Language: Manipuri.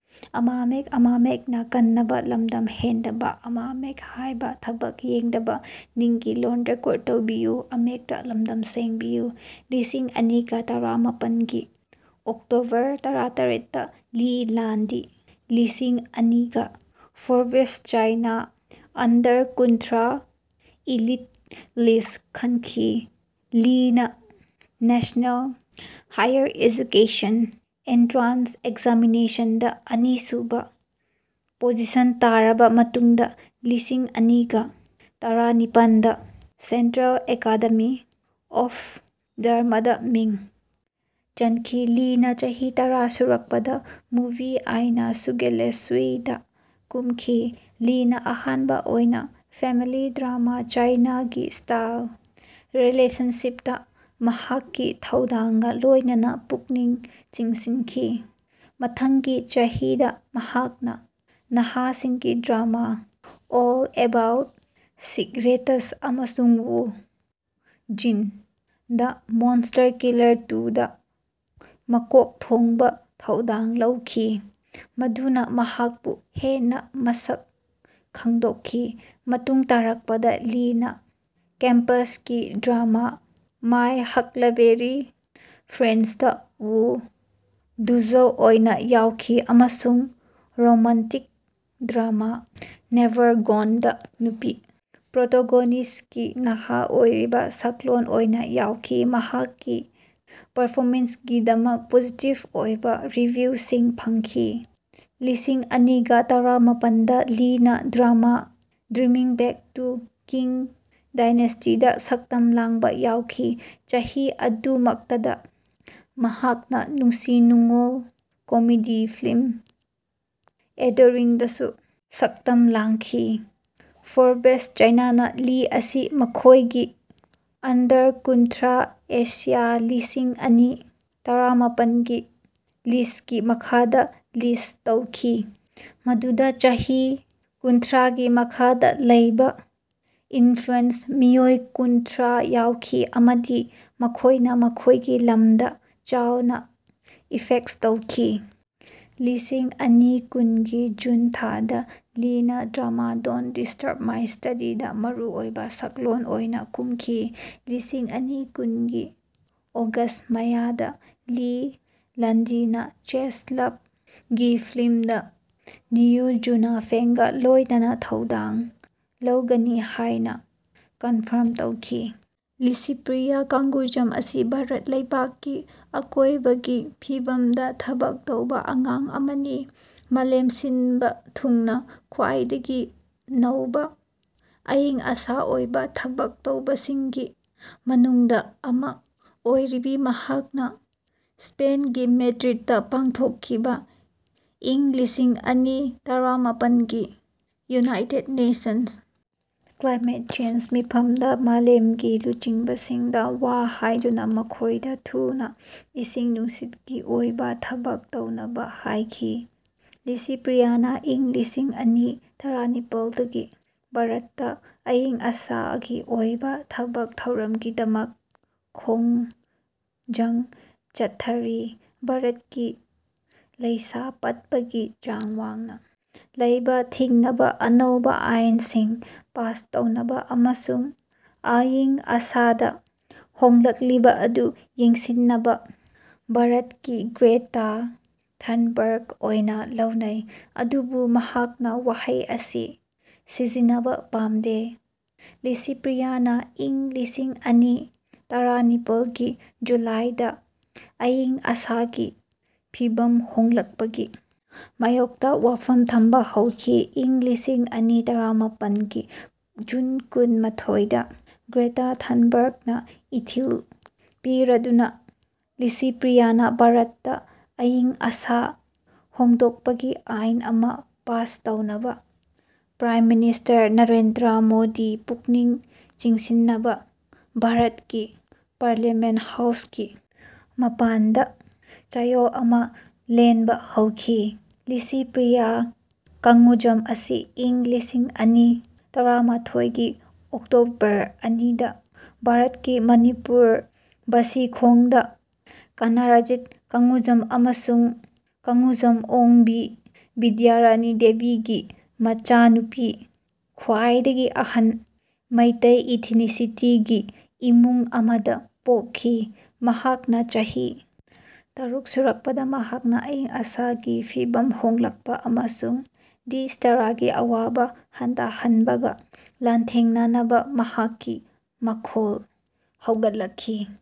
ꯂꯤꯁꯤꯡꯑꯅꯤꯒ ꯇꯔꯥꯃꯥꯄꯟꯒꯤ ꯑꯣꯛꯇꯣꯕꯔ ꯇꯔꯥꯇꯔꯦꯠꯇ ꯂꯤ ꯂꯟꯗꯤ ꯂꯤꯁꯤꯡꯑꯅꯤꯒ ꯇꯔꯥꯃꯥꯄꯟꯒꯤ ꯐꯣꯔꯕꯦꯁ ꯆꯥꯏꯅꯥ ꯑꯟꯗꯔ ꯀꯨꯟꯊ꯭ꯔꯥ ꯏꯂꯤꯠ ꯂꯤꯁꯠꯇ ꯈꯟꯈꯤ꯫ ꯂꯤꯅꯥ ꯅꯦꯁꯅꯦꯜ ꯍꯥꯏꯌꯔ ꯑꯦꯖꯨꯀꯦꯁꯟ ꯑꯦꯟꯇ꯭ꯔꯥꯟꯁ ꯑꯦꯛꯖꯥꯃꯤꯅꯦꯁꯟꯗ ꯑꯅꯤꯁꯨꯕ ꯄꯣꯖꯤꯁꯟ ꯇꯥꯔꯕ ꯃꯇꯨꯡꯗ ꯂꯤꯁꯤꯡ ꯑꯅꯤꯒ ꯇꯔꯥꯅꯤꯄꯥꯟꯗ ꯁꯦꯟꯇ꯭ꯔꯦꯜ ꯑꯦꯀꯥꯗꯦꯃꯤ ꯑꯣꯐ ꯗ꯭ꯔꯃꯥꯗ ꯃꯤꯡ ꯆꯟꯈꯤ꯫ ꯂꯤꯅꯥ ꯆꯍꯤ ꯇꯔꯥ ꯁꯨꯔꯛꯄꯗ ꯃꯨꯚꯤ ꯑꯥꯏꯅꯤ ꯁꯨꯒꯦꯂꯦꯁꯨꯏ ꯗ ꯀꯨꯝꯈꯤ꯫ ꯂꯤꯅ ꯑꯍꯥꯟꯕ ꯑꯣꯏꯅ ꯐꯦꯃꯤꯂꯤ ꯗ꯭ꯔꯃꯥ ꯆꯥꯏꯅꯥꯒꯤ ꯁ꯭ꯇꯥꯏꯜ ꯔꯤꯂꯦꯁꯟꯁꯤꯞꯇ ꯃꯍꯥꯛꯀꯤ ꯊꯧꯗꯥꯡꯒ ꯂꯣꯏꯅꯅ ꯄꯨꯛꯅꯤꯡ ꯆꯤꯡꯁꯤꯟꯈꯤ꯫ ꯃꯊꯪꯒꯤ ꯆꯍꯤꯗ ꯃꯍꯥꯛꯅ ꯅꯍꯥꯁꯤꯡꯒꯤ ꯗ꯭ꯔꯃꯥ ꯑꯣꯜ ꯑꯦꯕꯥꯎꯠ ꯁꯤꯛꯔꯦꯇꯁ ꯑꯃꯁꯨꯡ Woo Jin: the monster killer to the ꯃꯀꯣꯛ ꯊꯣꯡꯕ ꯊꯧꯗꯥꯡ ꯂꯧꯈꯤ꯫ ꯃꯗꯨꯅ ꯃꯍꯥꯛꯄꯨ ꯍꯦꯟꯅ ꯃꯁꯛ ꯈꯪꯗꯣꯛꯈꯤ꯫ ꯃꯇꯨꯡ ꯇꯥꯔꯛꯄꯗ ꯂꯤꯅ ꯀꯦꯝꯄꯁꯀꯤ ꯗ꯭ꯔꯃꯥ ꯃꯥꯏ ꯍꯛꯂꯕꯦꯔꯤ ꯐ꯭ꯔꯦꯟꯗꯁꯇ ꯌꯨ ꯓꯨꯖꯧ ꯑꯣꯏꯅ ꯌꯥꯎꯈꯤ, ꯑꯃꯁꯨꯡ ꯔꯣꯃꯥꯟꯇꯤꯛ ꯗ꯭ꯔꯃꯥ ꯅꯦꯚꯔ ꯒꯣꯟꯗ ꯅꯨꯄꯤ ꯄ꯭ꯔꯣꯇꯣꯒꯣꯅꯤꯁ꯭ꯇꯀꯤ ꯅꯍꯥ ꯑꯣꯏꯔꯤꯕ ꯁꯛꯂꯣꯟ ꯑꯣꯏꯅ ꯌꯥꯎꯈꯤ꯫ ꯃꯍꯥꯛꯀꯤ ꯄꯔꯐꯣꯃꯦꯟꯁꯀꯤꯗꯃꯛ ꯄꯣꯖꯤꯇꯤꯕ ꯑꯣꯏꯕ ꯔꯤꯚꯤꯌꯨꯁꯤꯡ ꯐꯪꯂꯤ꯫ ꯂꯤꯁꯤꯡꯑꯅꯤꯒ ꯇꯔꯥꯃꯥꯄꯟꯗ ꯂꯤꯅ drama dreaming back to king ꯗꯥꯏꯅꯦꯁ꯭ꯇꯤꯗ ꯁꯛꯇꯝ ꯂꯥꯡꯕ ꯌꯥꯎꯈꯤ꯫ ꯆꯍꯤ ꯑꯗꯨꯃꯛꯇꯗ ꯃꯍꯥꯛꯅ ꯅꯨꯡꯁꯤ ꯅꯨꯡꯉꯣꯜ ꯀꯣꯃꯦꯗꯤ ꯐꯤꯜꯝ ꯑꯦꯗꯣꯔꯤꯡ ꯗꯁꯨ ꯁꯛꯇꯝ ꯂꯥꯡꯈꯤ꯫ ꯐꯣꯔꯕꯦꯁ ꯆꯥꯏꯅꯥꯅ ꯂꯤ ꯑꯁꯤ ꯃꯈꯣꯏꯒꯤ ꯑꯟꯗꯔ ꯀꯨꯟꯊ꯭ꯔꯥ ꯑꯦꯁꯤꯌꯥ ꯂꯤꯁꯤꯡ ꯑꯅꯤ ꯇꯔꯥꯃꯥꯄꯟꯒꯤ ꯂꯤꯁ꯭ꯠꯀꯤ ꯃꯈꯥꯗ ꯂꯤꯁ꯭ꯠ ꯇꯧꯈꯤ ꯃꯗꯨꯗ ꯆꯍꯤ ꯀꯨꯟꯊ꯭ꯔꯥꯒꯤ ꯃꯈꯥꯗ ꯂꯩꯕ ꯏꯟꯐ꯭ꯂꯨꯑꯦꯟꯇ ꯃꯤꯑꯣꯏ ꯀꯨꯟꯊ꯭ꯔꯥ ꯌꯥꯎꯈꯤ ꯑꯃꯗꯤ ꯃꯈꯣꯏꯅ ꯃꯈꯣꯏꯒꯤ ꯂꯝꯗ ꯆꯥꯎꯅ ꯏꯐꯦꯛꯠ ꯇꯧꯈꯤ꯫ ꯂꯤꯁꯤꯡꯑꯅꯤ ꯀꯨꯟꯒꯤ ꯖꯨꯟ ꯊꯥꯗ ꯂꯤꯅ ꯗ꯭ꯔꯃꯥ ꯗꯣꯟꯠ ꯗꯤꯁꯇ꯭ꯔꯕ ꯃꯥꯏ ꯁ꯭ꯇꯗꯤꯗ ꯃꯔꯨꯑꯣꯏꯕ ꯁꯛꯂꯣꯟ ꯑꯣꯏꯅ ꯀꯨꯝꯈꯤ꯫ ꯂꯤꯁꯤꯡ ꯑꯅꯤ ꯀꯨꯟꯒꯤ ꯑꯣꯒꯁ꯭ꯠ ꯃꯉꯥꯗ ꯂꯤ ꯂꯟꯗꯤꯅ ꯆꯦꯁ ꯂꯚ ꯒꯤ ꯐꯤꯜꯝꯗ ꯅꯤꯎ ꯖꯨꯅꯐꯦꯡꯒ ꯂꯣꯏꯅꯅ ꯊꯧꯗꯥꯡ ꯂꯧꯒꯅꯤ ꯍꯥꯏꯅ ꯀꯟꯐꯥꯔ꯭ꯝ ꯇꯧꯈꯤ꯫ ꯂꯤꯁꯤꯄ꯭ꯔꯤꯌꯥ ꯀꯡꯒꯨꯖꯝ ꯑꯁꯤ ꯚꯥꯔꯠ ꯂꯩꯄꯥꯛꯀꯤ ꯑꯀꯣꯏꯕꯒꯤ ꯐꯤꯚꯝꯗ ꯊꯕꯛ ꯇꯧꯕ ꯑꯉꯥꯡ ꯑꯃꯅꯤ꯫ ꯃꯥꯂꯦꯝ ꯁꯤꯟꯕ ꯊꯨꯡꯅ ꯈ꯭ꯋꯥꯏꯗꯒꯤ ꯅꯧꯕ ꯑꯏꯪ ꯑꯁꯥꯒꯤ ꯑꯣꯏꯕ ꯊꯕꯛ ꯇꯧꯕꯁꯤꯡꯒꯤ ꯃꯅꯨꯡꯗ ꯑꯃ ꯑꯣꯏꯔꯤꯕ ꯃꯍꯥꯛꯅ ꯁ꯭ꯄꯦꯟꯒꯤ ꯃꯦꯗ꯭ꯔꯤꯗꯇ ꯄꯥꯡꯊꯣꯛꯈꯤꯕ ꯏꯪ ꯂꯤꯁꯤꯡꯑꯅꯤ ꯇꯔꯥꯃꯥꯄꯟꯒꯤ ꯌꯨꯅꯥꯏꯇꯦꯗ ꯅꯦꯁꯟ꯭ꯁ ꯀ꯭ꯂꯥꯏꯃꯦꯠ ꯆꯦꯟꯖ ꯃꯤꯐꯝꯗ ꯃꯥꯂꯦꯝꯒꯤ ꯂꯨꯆꯤꯡꯕꯁꯤꯡꯗ ꯋꯥ ꯍꯥꯏꯗꯨꯅ ꯃꯈꯣꯏꯗ ꯊꯨꯅ ꯏꯁꯤꯡ ꯅꯨꯡꯁꯤꯠꯀꯤ ꯑꯣꯏꯕ ꯊꯕꯛ ꯇꯧꯅꯕ ꯍꯥꯏꯈꯤ꯫ ꯂꯤꯁꯤꯄ꯭ꯔꯤꯌꯥꯅ ꯏꯪ ꯂꯤꯁꯤꯡꯑꯅꯤ ꯇꯔꯥꯅꯤꯄꯥꯥꯜ ꯗꯒꯤ ꯚꯥꯔꯠꯇ ꯑꯏꯪ ꯑꯁꯥꯒꯤ ꯑꯣꯏꯕ ꯊꯕꯛ ꯊꯧꯔꯝꯒꯤꯗꯃꯛ ꯈꯣꯡꯖꯪ ꯆꯠꯊꯔꯤ, ꯚꯥꯔꯠꯀꯤ ꯂꯩꯁꯥ ꯄꯠꯄꯒꯤ ꯆꯥꯡ ꯋꯥꯡꯅ ꯂꯩꯕ ꯊꯤꯡꯅꯕ ꯑꯅꯧꯕ ꯑꯥꯏꯟꯁꯤꯡ ꯄꯥꯁ ꯇꯧꯅꯕ, ꯑꯃꯁꯨꯡ ꯑꯏꯪ ꯑꯁꯥꯗ ꯍꯣꯡꯂꯛꯂꯤꯕ ꯑꯗꯨ ꯌꯦꯡꯁꯤꯟꯅꯕ꯫ ꯃꯍꯥꯛꯄꯨ ꯚꯥꯔꯠꯀꯤ ꯒ꯭ꯔꯦꯇꯥ ꯊꯟꯕꯔ꯭ꯒ ꯑꯣꯏꯅ ꯂꯧꯅꯩ, ꯑꯗꯨꯕꯨ ꯃꯍꯥꯛꯅ ꯋꯥꯍꯩ ꯑꯁꯤ ꯁꯤꯖꯤꯟꯅꯕ ꯄꯥꯝꯗꯦ꯫ ꯂꯤꯁꯤꯄ꯭ꯔꯤꯌꯥꯅ ꯏꯪ ꯂꯤꯁꯤꯡꯑꯅꯤ ꯇꯔꯥꯅꯤꯄꯥꯜꯒꯤ ꯖꯨꯂꯥꯏꯗ ꯑꯏꯪ ꯑꯁꯥꯒꯤ ꯐꯤꯚꯝ ꯍꯣꯡꯂꯛꯄꯒꯤ ꯃꯥꯌꯣꯛꯇ ꯋꯥꯐꯝ ꯊꯝꯕ ꯍꯧꯈꯤ꯫ ꯏꯪ ꯂꯤꯁꯤꯡꯑꯅꯤ ꯇꯔꯥꯃꯥꯄꯟꯒꯤ ꯖꯨꯟ ꯀꯨꯟ - ꯃꯥꯊꯣꯏꯗ ꯒ꯭ꯔꯦꯇꯥ ꯊꯟꯕꯔ꯭ꯒꯅ ꯏꯊꯤꯜ ꯄꯤꯔꯗꯨꯅ ꯂꯤꯁꯤꯄ꯭ꯔꯤꯌꯥꯅ ꯚꯥꯔꯠꯇ ꯑꯏꯪ ꯑꯁꯥ ꯍꯣꯡꯗꯣꯛꯄꯒꯤ ꯑꯥꯏꯟ ꯑꯃ ꯄꯥꯁ ꯇꯧꯅꯕ ꯄ꯭ꯔꯥꯏꯝ ꯃꯤꯅꯤꯁꯇꯔ ꯅꯔꯦꯟꯗ꯭ꯔ ꯃꯣꯗꯤ ꯄꯨꯛꯅꯤꯡ ꯆꯤꯡꯁꯤꯟꯅꯕ ꯚꯥꯔꯠꯀꯤ ꯄꯥꯔꯂꯤꯌꯥꯃꯦꯟ꯭ꯇ ꯍꯥꯎꯁꯀꯤ ꯃꯄꯥꯟꯗ ꯆꯌꯣꯜ ꯑꯃ ꯂꯦꯟꯕ ꯍꯧꯈꯤ꯫ ꯂꯤꯁꯤꯄ꯭ꯔꯤꯌꯥ ꯀꯡꯒꯨꯖꯝ ꯑꯁꯤ ꯏꯪ ꯂꯤꯁꯤꯡꯑꯅꯤ ꯇꯔꯥꯃꯥꯊꯣꯏꯒꯤ ꯑꯣꯛꯇꯣꯕꯔ ꯑꯅꯤꯗ ꯚꯥꯔꯠꯀꯤ ꯃꯅꯤꯄꯨꯔ ꯕꯥꯁꯤꯈꯣꯡꯗ, ꯀꯅꯔꯖꯤꯠ ꯀꯡꯒꯨꯖꯥꯝ ꯑꯃꯁꯨꯡ ꯀꯡꯒꯨꯖꯝ ꯑꯣꯡꯕꯤ ꯕꯤꯗ꯭ꯌꯥꯔꯥꯅꯤ ꯗꯦꯕꯤꯒꯤ ꯃꯆꯥꯅꯨꯄꯤ ꯈ꯭ꯋꯥꯏꯗꯒꯤ ꯑꯍꯟ, ꯃꯩꯇꯩ ꯏꯊꯤꯅꯤꯁꯤꯇꯤꯒꯤ ꯏꯃꯨꯡ ꯑꯃꯗ ꯄꯣꯛꯈꯤ꯫ ꯃꯍꯥꯛꯅ ꯆꯍꯤ ꯇꯔꯨꯛ ꯁꯨꯔꯛꯄꯗ ꯃꯍꯥꯛꯅ ꯑꯏꯪ ꯑꯁꯥꯒꯤ ꯐꯤꯚꯝ ꯍꯣꯡꯂꯛꯄ ꯑꯃꯁꯨꯡ ꯗꯤꯁ꯭ꯇꯥꯔꯒꯤ ꯑꯋꯥꯕ ꯍꯟꯊꯍꯟꯕꯒ ꯂꯥꯟꯊꯦꯡꯅꯅꯕ ꯃꯍꯥꯛꯀꯤ ꯃꯈꯣꯜ ꯍꯧꯒꯠꯂꯛꯈꯤ꯫